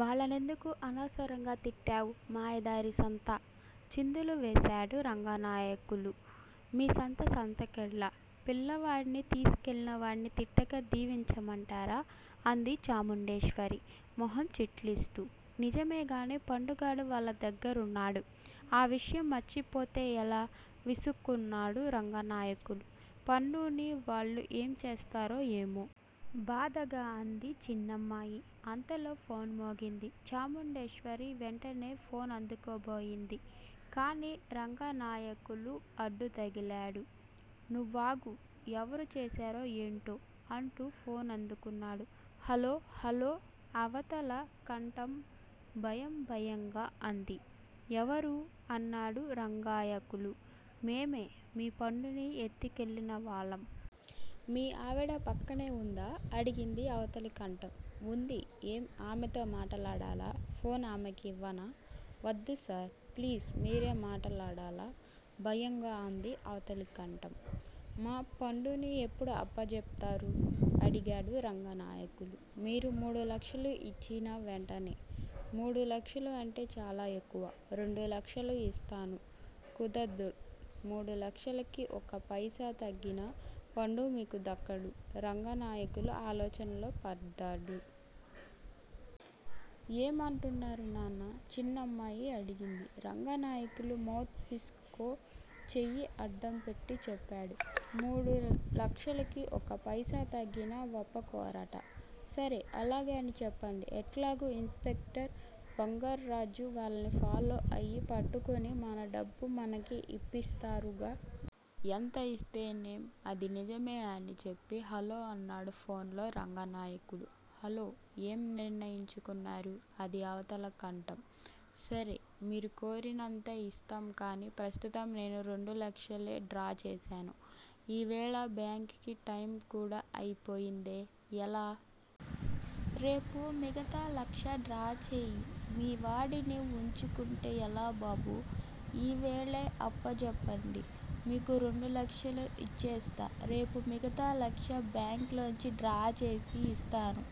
వాళ్ళనెందుకు అనవసరంగా తిట్టావ్ మాయదారి సంత? చిందులు వేశాడు రంగనాయకులు. మీ సంత సంతకెళ్ళ. పిల్లవాడ్ని తిస్కెళ్ళినవాడిని తిట్టక దీవించ మంటారా? అంది చాముండేశ్వరి మొహం చిట్లిస్తూ. నిజమేగాని పండుగాడు వాళ్ళదగ్గరున్నాడు. ఆ విషయం మర్చి పోతే ఎలా? విసుక్కున్నాడు రంగనాయకులు. పండుని వాళ్ళు ఏం చేస్తారో ఏమో! బాధగా అంది చిన్నమ్మాయి. అంతలో ఫోన్ మోగింది. చాముండేశ్వరి వెంటనే ఫోన్ అందుకోబోయింది. కాని రంగనాయకులు అడ్డు తగిలాడు. నువ్వాగు. ఎవరు చేశారో ఎంటో? అంటూ ఫోన్ అందుకున్నాడు. హలో హలో అవతల కంఠం భయం భయంగా అంది. ఎవరూ? అన్నాడు రంగాయకులు. మేమే, మీ పండుని ఎత్తుకెళ్ళినవాళ్ళం. మీ ఆవిడ పక్కనే ఉందా? అడిగింది అవతలి కంఠం. ఉంది ఏం ఆమెతో మాట్లాడాలా? ఫోన్ ఆమెకి ఇవ్వానా? వద్దుసార్! ప్లీజ్ మిరే మాట్లాడాలా భయంగా అంది అవతలి కంఠం. మా పండుని ఎప్పుడు అప్పజేప్తారు? అడిగాడు రంగనాయకులు. మీరు మూడు లక్షలు ఇచిన వెంటనే మూడు లక్షలు అంటే చాలా ఎక్కువ రెండు లక్షలు ఇస్తాను కుదర్దు మూడు లక్షలకి ఒక్కప్తెసా తగ్గినా పండు మీకు దక్కడు రంగనాయకులు ఆలోచనలో పడ్దాడు. ఏమంటున్నారు నాన్నా? చిన్నమ్మాయి అడిగింది. రంగనాయకులు మౌత్ పిస్ కో చెయ్యి అడ్డం పెట్టి చెప్పాడు. మూడు లక్షలకి ఒక్కప్తెసా తగ్గినా ఒప్పకోరట! సరే అలాగే అని చెప్పండి. ఎట్లాగు ఇన్స్ పెక్టర్ బంగార్రాజు వాళ్ళని ఫాలో అయి పట్టుకుని మన డబ్బు మనకి ఇప్పిస్తారుగా? ఎంత ఇస్తేనేం? అది నిజమే అని చెప్పి హలో అన్నాడు ఫోన్లో రంగనాయకులు. హలో ఏం నిర్ణయించుకున్నారు? అది అవతల కంఠం. సరే! మీరు కోరినంతే ఇస్తాం కాని ప్రస్తుతం నేను రెండు లక్షలే డ్రా చేశాను ఈ వేళ బ్యాంకి టైము కూడా అయిపోయిందే ఎలా? రేపు మిగతా లక్ష డ్రా చేయి మీ వాడిని ఉంచుకుంటే ఎలా బాబూ? ఈ వేళే అప్పజేప్పండి మీకు రెండు లక్షలు ఇచ్చేస్తా రేపు మిగతా లక్షా బ్యాకులోంచి డ్రా చేసి ఇస్తాను.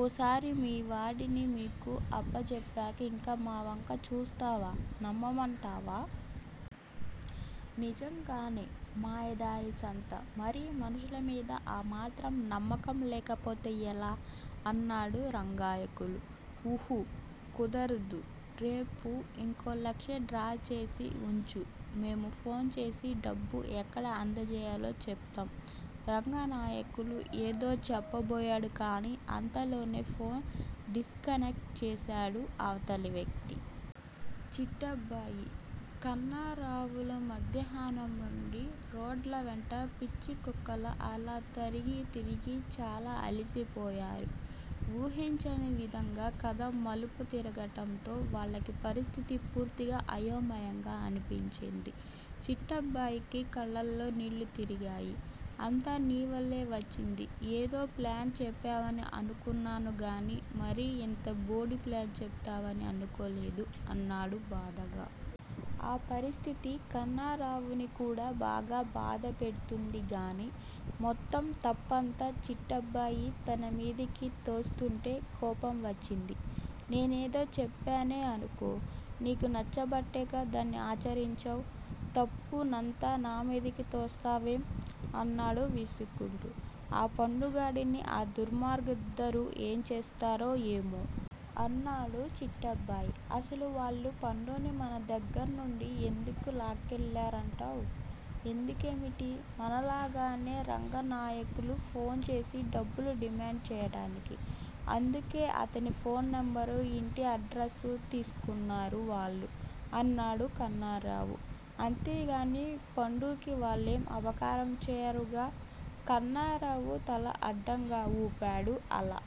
ఓసారి మీ వాడిని మీకు అప్పజేప్పాక ఇంక మా వంక చూస్తావా నమ్మమంటావా? నిజంగానే మాయదారి సంత మరి మనుషుల మీద ఆ మాత్రం నమ్మకం లేకపోతే ఎలా? అన్నాడు రంగాయకులు. ఊహు కుదర్దూ రేపు ఇంకో లక్ష డ్రాచేసి ఉంచు మేము ఫోన్ చేసి డబ్బు ఎక్కడ అందజేయాలో చెప్తాం రంగనాయకులు ఎదో చెప్పబోయాడు కాని అంతలోనే ఫోను డిస్కనెక్ట్ చేసేశాడు అవతలి వ్యక్తి. చిట్టబ్బాయి, కన్నరావులు మధ్యాహ్నం నుండి రొడ్ల వెంట పిచ్చి కుక్కల్లా అలా తరిగి తిరిగి చాలా అలసిపోయారు. ఊహించని విధంగా కథ మలుపు తిరగడంతో వాళ్ళకి పరిస్ధితి పూర్తిగా అయోమయంగా అనిపించింది. చిట్టబ్బాయికి కళ్ళల్లో నీళ్ళు తిరిగాయి. అంతా నీవల్లే వచ్చింది ఎదో ప్లాను చెప్పావని అనుకున్నాను గాని మరి ఇంత బోడి ప్లాను చెప్తావని అనుకోలేదు అన్నాడు బాధగా. ఆ పరిస్ధితి కన్నారావుని కూడా బాగా బాధ పెడ్తుందిగాని మొత్తం తప్పంతా చిట్టబ్బాయి తనమిదికి తోస్తేస్తుంటే కోపం వచ్చింది. నేనేదో చెప్పానే అనుకో నీకు నచ్చబట్టేగా దాన్ని ఆచరించావ్ తప్పు నంతా నా మీదికి తోసేస్తావేం? అన్నాడు విసుక్కుంటూ. ఆ పండుగాడిని ఆ దుర్మార్గుద్దరూ ఏం చేస్తారో ఏమో! అన్నాడు చిట్టబ్బాయి. అసలు వాళ్లు పండుని మన దగ్గర్నుండి ఎందుకు లాక్కెళ్ళారంటావ్? ఎందుకేమిటి? మనలాగేనే రంగానాయకులుకి ఫోన్ చేసి డబ్బులు డిమాండ్ చేయడానికి! అందుకే అతని ఫోన్ నెంబరూ, ఇంటి అడ్రసూ తిస్కున్నారు వాళ్లు అన్నాడు కన్నారావు. అంతేగాని పండుకి వాళ్ళేమి అపకారం చేయరుగా? కన్నారావు తల అడ్డంగా ఊపాడు. అలా